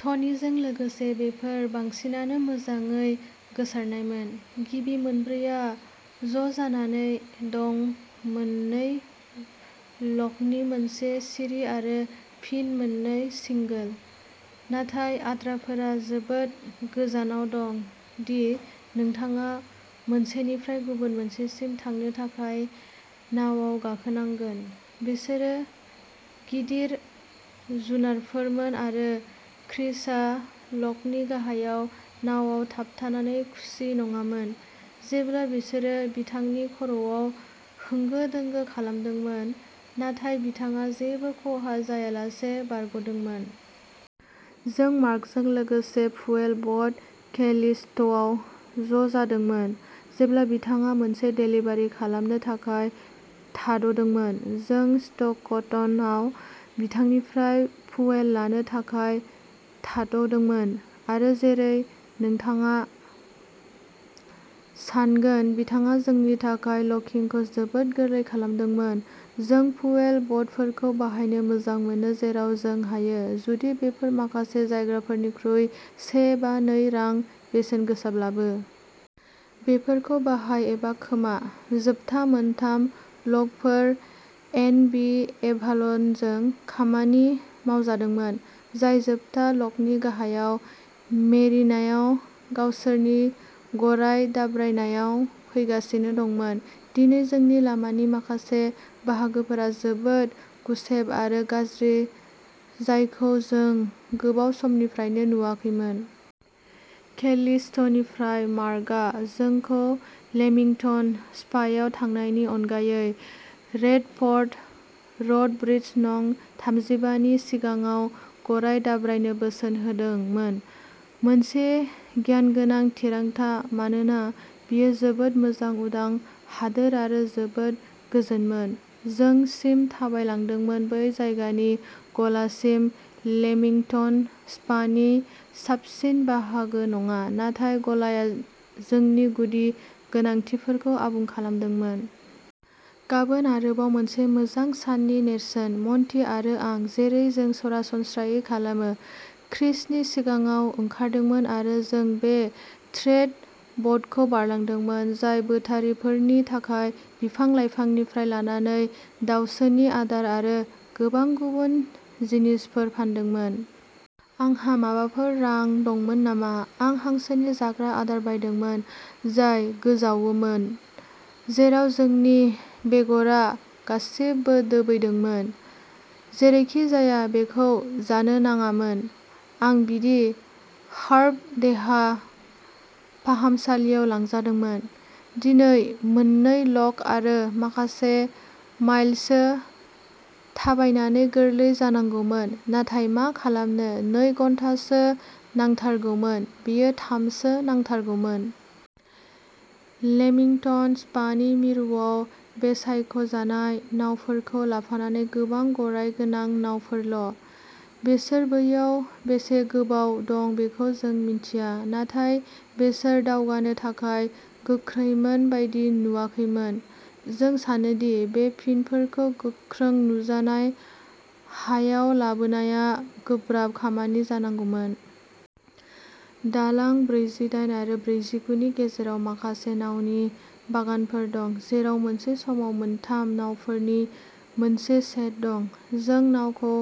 ट'नीजों लोगोसे, बेफोर बांसिनानो मोजाङै गोसारनायमोन। गिबि मोनब्रैआ ज' जानानै दं मोननै ल'कनि मोनसे सिरि आरो फिन मोननै सिंगोल, नाथाय आद्राफोरा जोबोद गोजानाव दं दि नोंथाङा मोनसेनिफ्राय गुबुन मोनसेसिम थांनो थाखाय नावाव गाखोनांगोन। बिसोर गिदिर जुनारफोरमोन आरो क्रिसआ ल'कनि गाहायाव नावाव थाबथानानै खुसि नङामोन, जेब्ला बिसोरो बिथांनि खर'आव होंगो दोंगो खालामदोंमोन, नाथाय बिथाङा जेबो खहा जायालासे बारग'दोंमोन। जों मार्कजों लोगोसे फुएल बोट कैलिस्ट'आव ज'जादोंमोन, जेब्ला बिथाङा मोनसे डेलिभारि खालामनो थाखाय थाद'दोंमोन। जों स्ट'कटनआव बिथांनिफ्राय फुएल लानो थाखाय थाद'दोंमोन आरो, जेरै नोंथाङा सान्गोन, बिथाङा जोंनि थाखाय ल'किंखौ जोबोद गोरलै खालामदोंमोन। जों फुएल बोटफोरखौ बाहायनो मोजां मोनो जेराव जों हायो, जुदि बेफोर माखासे जायगाफोरनिख्रुइ से एबा नै रां बेसेनगोसाब्लाबो। बेफोरखौ बाहाय एबा खोमा जोबथा मोनथाम ल'कफोर एन बि एभाल'नजों खामानि मावजादोंमोन, जाय जोबथा लकनि गाहायाव मेरिनायाव गावसोरनि गराय दाब्रायनायाव फैगासिनो दंमोन। दिनै जोंनि लामानि माखासे बाहागोफोरा जोबोद गुसेब आरो गाज्रि-जायखौ जों गोबाव समनिफ्रायनो नुवाखैमोन। केलिस्ट'निफ्राय मार्कआ जोंखौ लेमिंगटन स्पायाव थांनायनि अनगायै रेडफ'र्ड र'ड ब्रिज, नं थामजिबानि नि सिगाङाव गराय दाब्रायनो बोसोन होदोंमोन। मोनसे गियानगोनां थिरांथा मानोना बेयो जोबोद मोजां उदां हादोर आरो जोबोद गोजोनमोन। जों सिम थाबायलांदोंमोन बै जायगानि गलासिम लेमिंगटन स्पानि साबसिन बाहागो नङा, नाथाय गलाया जोंनि गुदि गोनांथिफोरखौ आबुं खालामदोंमोन। गाबोन आरोबाव मोनसे मोजां साननि नेरसोन। मन्टि आरो आं, जेरै जों सरासनस्रायै खालामो, क्रिसनि सिगाङाव ओंखारदोंमोन आरो जों बे ट्रेड बोटखौ बारलांदोंमोन, जाय बोटारिफोरनि थाखाय बिफां-लाइफांनिफ्राय लानानै दाउसोनि आदार आरो गोबां गुबुन जिनिसफोर फानदोंमोन। आंहा माबाफोर रां दंमोन नामा? आं हांसोनि जाग्रा आदार बायदोंमोन, जाय गोजावोमोन, जेराव जोंनि बेगरा गासिबो दोबैदोंमोन जेरैखिजाया, बेखौ जानो नाङामोन। आं बिनि हार्ब देहा फाहामसालियाव लांजादोंमोन दिनै मोननै ल'क आरो माखासे माइलसो थाबायनानै गोरलै जानांगौमोन, नाथाय मा खालामनो नै घन्टासो नांथारगौमोन, बेयो थाम सो नांथारगौमोन। लेमिंटन स्पानि मिरुआव बे'सायख'जानाय नावफोरखौ लाफानानै गोबां गराय गोनां नावफोरल'। बिसोर बैयाव बेसे गोबाव दं बेखौ जों मिन्थिया, नाथाय बिसोर दावगानो थाखाय गोख्रैमोन बायदि नुवाखैमोन। जों सानो दि बे पिनफोरखौ गोख्रों नुजानाय हायाव लाबोनाया गोब्राब खामानि जानांगौमोन। दालां ब्रैजिदाइन आरो ब्रैजिगु नि गेजेराव माखासे नावनि बागानफोर दं, जेराव मोनसे समाव मोनथाम नावफोरनि मोनसे सेट दं। जों नावखौ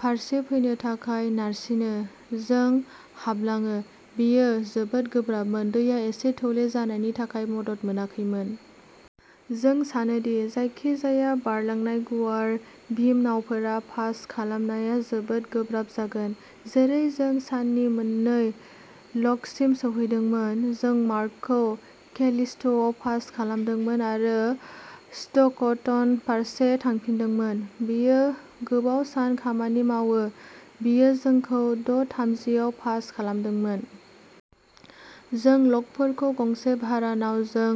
फारसे फैनो थाखाय नारसिनो। जों हाबलाङो। बेयो जोबोद गोब्राबमोन, दैया एसे थौले जानायनि थाखाय मदद मोनाखैमोन। जों सानो दि जायखिजाया बारलांनाय गुवार बिम नावफोरा पास खालामनाया जोबोद गोब्राब जागोन। जेरै जों साननि मोननै लकसिम सौहैदोंमोन, जों मार्कखौ कैलिस्ट'आव पास खालामदोंमोन आरो स्ट'कटन फारसे थांफिनदोंमोन। बियो गोबाव सान खामानि मावो बियो जोंखौ द' थामजियाव पास खालामदोंमोन। जों लकफोरखौ गंसे भारा नावजों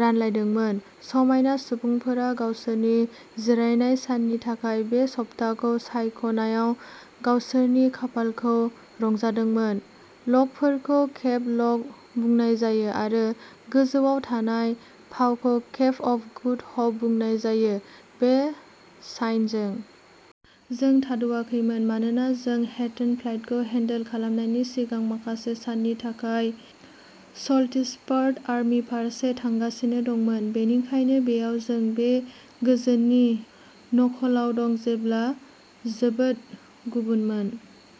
रानलायदोंमोन समायना सुबुंफोरा गावसोरनि जिरायनाय साननि थाखाय बे सप्ताखौ सायख'नायाव गावसोरनि खाफालखौ रंजादोंमोन। लकफोरखौ केप लक बुंनाय जायो आरो गोजौआव थानाय पाबखौ केप अफ गुड हप बुंनाय जायो बे साइनजों। जों थाद'थायाखैमोन मानोना जों हेटन फ्लाइटखौ हेन्डल खालामनायनि सिगां माखासे साननि थाखाय सल्टिसफ'र्ड आर्मनि फारसे थांगासिनो दंमोन। बेनिखायनो बेयाव जों बे गोजोननि नखलआव दं जेब्ला जोबोद गुबुनमोन।